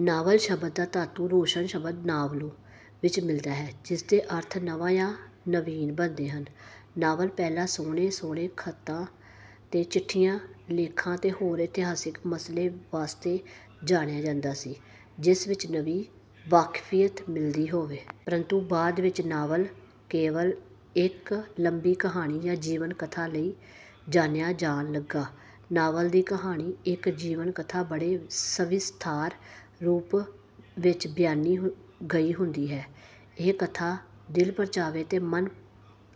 Novel ' ਸ਼ਬਦ ਦਾ ਧਾਤੂ ਰੋਸ਼ਨ ਸ਼ਬਦ ' ਨਾਵਲੋਂ ' ਵਿੱਚ ਮਿਲਦਾ ਹੈ ਜਿਸਦੇ ਅਰਥ ਨਵਾਂ ਜਾਂ ਨਵੀਨ ਬਣਦੇ ਹਨ ਨਾਵਲ ਪਹਿਲਾਂ ਸੋਹਣੇ ਸੋਹਣੇ ਖਤਾਂ ਤੇ ਚਿੱਠੀਆਂ ਲੇਖਾਂ ਤੇ ਹੋਰ ਇਤਿਹਾਸਿਕ ਮਸਲੇ ਵਾਸਤੇ ਜਾਣਿਆ ਜਾਂਦਾ ਸੀ ਜਿਸ ਵਿੱਚ ਨਵੀਂ ਵਾਕਫੀਅਤ ਮਿਲਦੀ ਹੋਵੇ। ਪਰੰਤੂ ਬਾਅਦ ਵਿੱਚ ਨਾਵਲ ਕੇਵਲ ਇੱਕ ਲੰਮੀ ਕਹਾਣੀ ਜਾਂ ਜੀਵਨ ਕਥਾ ਲਈ ਹੀ ਜਾਣਿਆ ਜਾਣ ਲੱਗਾ। ਨਾਵਲ ਦੀ ਕਹਾਣੀ ਇੱਕ ਜੀਵਨ ਕਥਾ ਬੜੇ ਸਵਿਸਥਾਰ ਰੂਪ ਵਿੱਚ ਬਿਆਨੀ ਗਈ ਹੁੰਦੀ ਹੈ। ਇਹ ਕਥਾ ਦਿਲ ਪਰਚਾਵੇ ਤੇ ਮਨ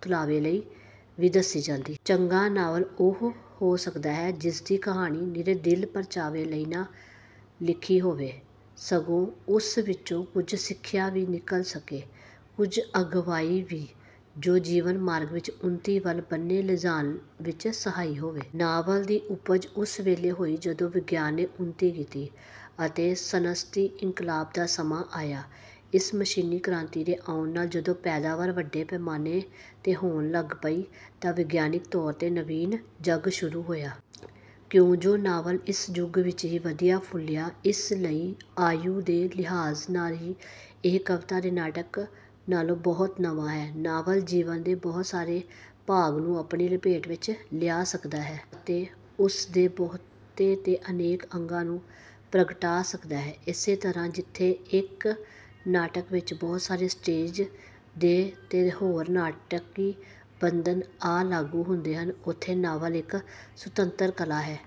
ਤੁਲਾਵੇ ਲਈ ਵੀ ਦੱਸੀ ਜਾਂਦੀ ਸੀ। ਚੰਗਾ ਨਾਵਲ ਉਹੋ ਹੋ ਸਕਦਾ ਹੈ ਜਿਸ ਦੀ ਕਹਾਣੀ ਨਿਰੇ ਦਿਲ ਪਰਚਾਵੇ ਲਈ ਨਾ ਲਿਖੀ ਹੋਵੇ, ਸਗੋਂ ਉਸ ਵਿੱਚੋਂ ਕੁਝ ਸਿੱਖਿਆ ਵੀ ਨਿਕਲ ਸਕੇ ਕੁਝ ਅਗਵਾਈ ਵੀ, ਜ਼ੋ ਜੀਵਨ ਮਾਰਗ ਵਿੱਚ ਉੱਨਤੀ ਵੱਲ ਬੰਨੇ ਲਿਜਾਣ ਵਿੱਚ ਸਹਾਈ ਹੋਵੇ। ਨਾਵਲ ਦੀ ਉਪਜ ਉਸ ਵੇਲੇ ਹੋਈ ਜਦੋਂ ਵਿਗਿਆਨ ਨੇ ਉੱਨਤੀ ਕੀਤੀ ਅਤੇ ਸਨਅਤੀ-ਇਨਕਲਾਬ ਦਾ ਸਮਾਂ ਆਇਆ। ਇਸ ਮਸ਼ੀਨੀ ਕ੍ਰਾਂਤੀ ਦੇ ਆਉਣ ਨਾਲ ਜਦੋਂ ਪੈਦਾਵਾਰ ਵੱਡੇ ਪੈਮਾਨੇ ਤੇ ਹੋਣ ਲੱਗ ਪਈ ਤਾਂ ਵਿਗਿਆਨਕ ਤੌਰ ਤੇ ਨਵੀਨ ਜਗ ਸ਼ੁਰੂ ਹੋਇਆ। ਕਿਉਂਜੋ ਨਾਵਲ ਇਸ ਜੁਗ ਵਿੱਚ ਹੀ ਵਧੀਆ ਫੁਲਿਆ ਇਸ ਲਈ ਆਯੂ ਦੇ ਲਿਹਾਜ ਨਾਲ ਵੀ ਇਹ ਕਵਿਤਾ ਤੇ ਨਾਟਕ ਨਾਲੋਂ ਬਹੁਤ ਨਵਾਂ ਹੈ। ਨਾਵਲ ਜੀਵਨ ਦੇ ਬਹੁਤ ਸਾਰੇ ਭਾਗ ਨੂੰ ਆਪਣੀ ਲਪੇਟ ਵਿੱਚ ਲਿਆ ਸਕਦਾ ਹੈ। ਅਤੇ ਉਸ ਦੇ ਬਹੁਤੇ ਤੇ ਅਨੇਕ ਅੰਗਾਂ ਨੂੰ ਪ੍ਰਗਟਾ ਸਕਦਾ ਹੈ। ਇਸੇ ਤਰਾਂ ਜਿਥੇ ਇੱਕ ਨਾਟਕ ਵਿੱਚ ਬਹੁਤ ਸਾਰੇ ਸਟੇਜ਼ ਦੇ ਤੇ ਹੋਰ ਨਾਟਕੀ ਬੰਧਨ ਆ ਲਾਗੂ ਹੁੰਦੇ ਹਨ ਉਥੇ ਨਾਵਲ ਇੱਕ ਸੁਤੰਤਰ ਕਲਾ ਹੈ।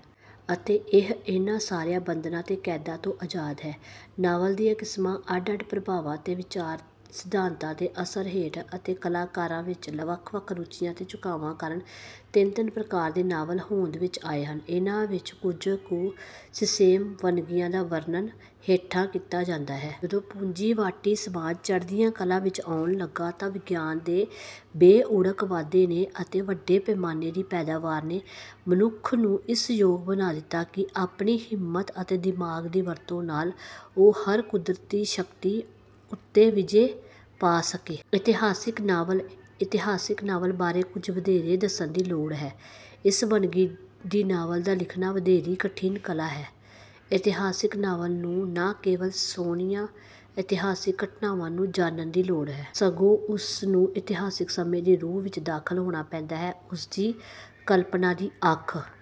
ਅਤੇ ਇਹ ਇਹਨਾਂ ਸਾਰਿਆਂ ਬੰਧਨਾਂ ਤੇ ਕੈਦਾਂ ਤੋਂ ਆਜਾਦ ਹੈ। ਨਾਵਲ ਦੀਆਂ ਕਿਸਮਾਂ ਅੱਡ ਅੱਡ ਪ੍ਰਭਾਵਾਂ ਤੇ ਵਿਚਾਰ ਸਿਧਾਤਾਂ ਦੇ ਅਸਰ ਹੇਠ, ਅਤੇ ਕਲਾਕਾਰਾਂ ਵਿੱਚ ਵੱਖ-ਵੱਖ ਰੁਚੀਆਂ ਤੇ ਝੁਕਾਵਾਂ ਕਾਰਨ ਤਿੰਨ-ਤਿੰਨ ਪ੍ਰਕਾਰ ਦੇ ਨਾਵਲ ਹੋਂਦ ਵਿੱਚ ਆਏ ਹਨ ਇਹਨਾਂ ਵਿੱਚ ਕੁਝ ਕੁ ਸਿਸੇਮ ਵੰਨਗੀਆਂ ਦਾ ਵਰਣਨ ਹੇਠਾਂ ਕੀਤਾ ਜਾਂਦਾ ਹੈ। ਜਦੋਂ ਪੂੰਜੀਵਾਟੀ ਸਮਾਜ ਚੜਦੀਆਂ ਕਲਾ ਵਿੰਚ ਆਉਣ ਲੱਗਾ ਤਾ ਵਿਗਿਆਨ ਦੇ ਬੇ-ਉੜਕ ਵਾਧੇ ਨੇ ਅਤੇ ਵੱਡੇ ਪੈਮਾਨੇ ਦੀ ਪੈਦਾਵਾਰ ਨੇ ਮਨੁੱਖ ਨੂੰ ਇਸ ਯੋਗ ਬਣਾ ਦਿੱਤਾ ਕਿ ਆਪਣੀ ਹਿੰਮਤ ਅਤੇ ਦਿਮਾਗ ਦੀ ਵਰਤੋਂ ਨਾਲ ਉਹ ਹਰ ਕੁਦਰਤੀ ਸ਼ਕਤੀ ਉੱਤੇ ਵਿਜੈ ਪਾ ਸਕੇ। ਇਤਿਹਾਸਿਕ ਨਾਵਲ:- ਇਤਿਹਾਸਿਕ ਨਾਵਲ ਬਾਰੇ ਕੁਝ ਵਧੇਰੇ ਦੱਸਣ ਦੀ ਲੋੜ ਹੈ। ਇਸ ਵੰਨਗੀ ਦੀ ਨਾਵਲ ਦਾ ਲਿਖਣਾ ਵਧੇਰੀ ਕਠਿਨ ਕਲਾ ਹੈ। ਇਤਿਹਾਸਿਕ ਨਾਵਲ ਨੂੰ ਨਾ ਕੇਵਲ ਸੋਣੀਆਂ ਇਤਿਹਾਸਿਕ ਘਟਨਾਵਾ ਨੂੰ ਜਾਨਣ ਦੀ ਲੋੜ ਹੈ। ਸਗੋਂ ਉਸ ਨੂੰ ਇਤਿਹਾਸਿਕ ਸਮੇਂ ਦੀ ਰੂਹ ਵਿੱਚ ਦਾਖਲ ਹੋਣਾ ਪੈਂਦਾ ਹੈ। ਉਸ ਦੀ ਕਲਪਨਾ ਦੀ ਅੱਖ...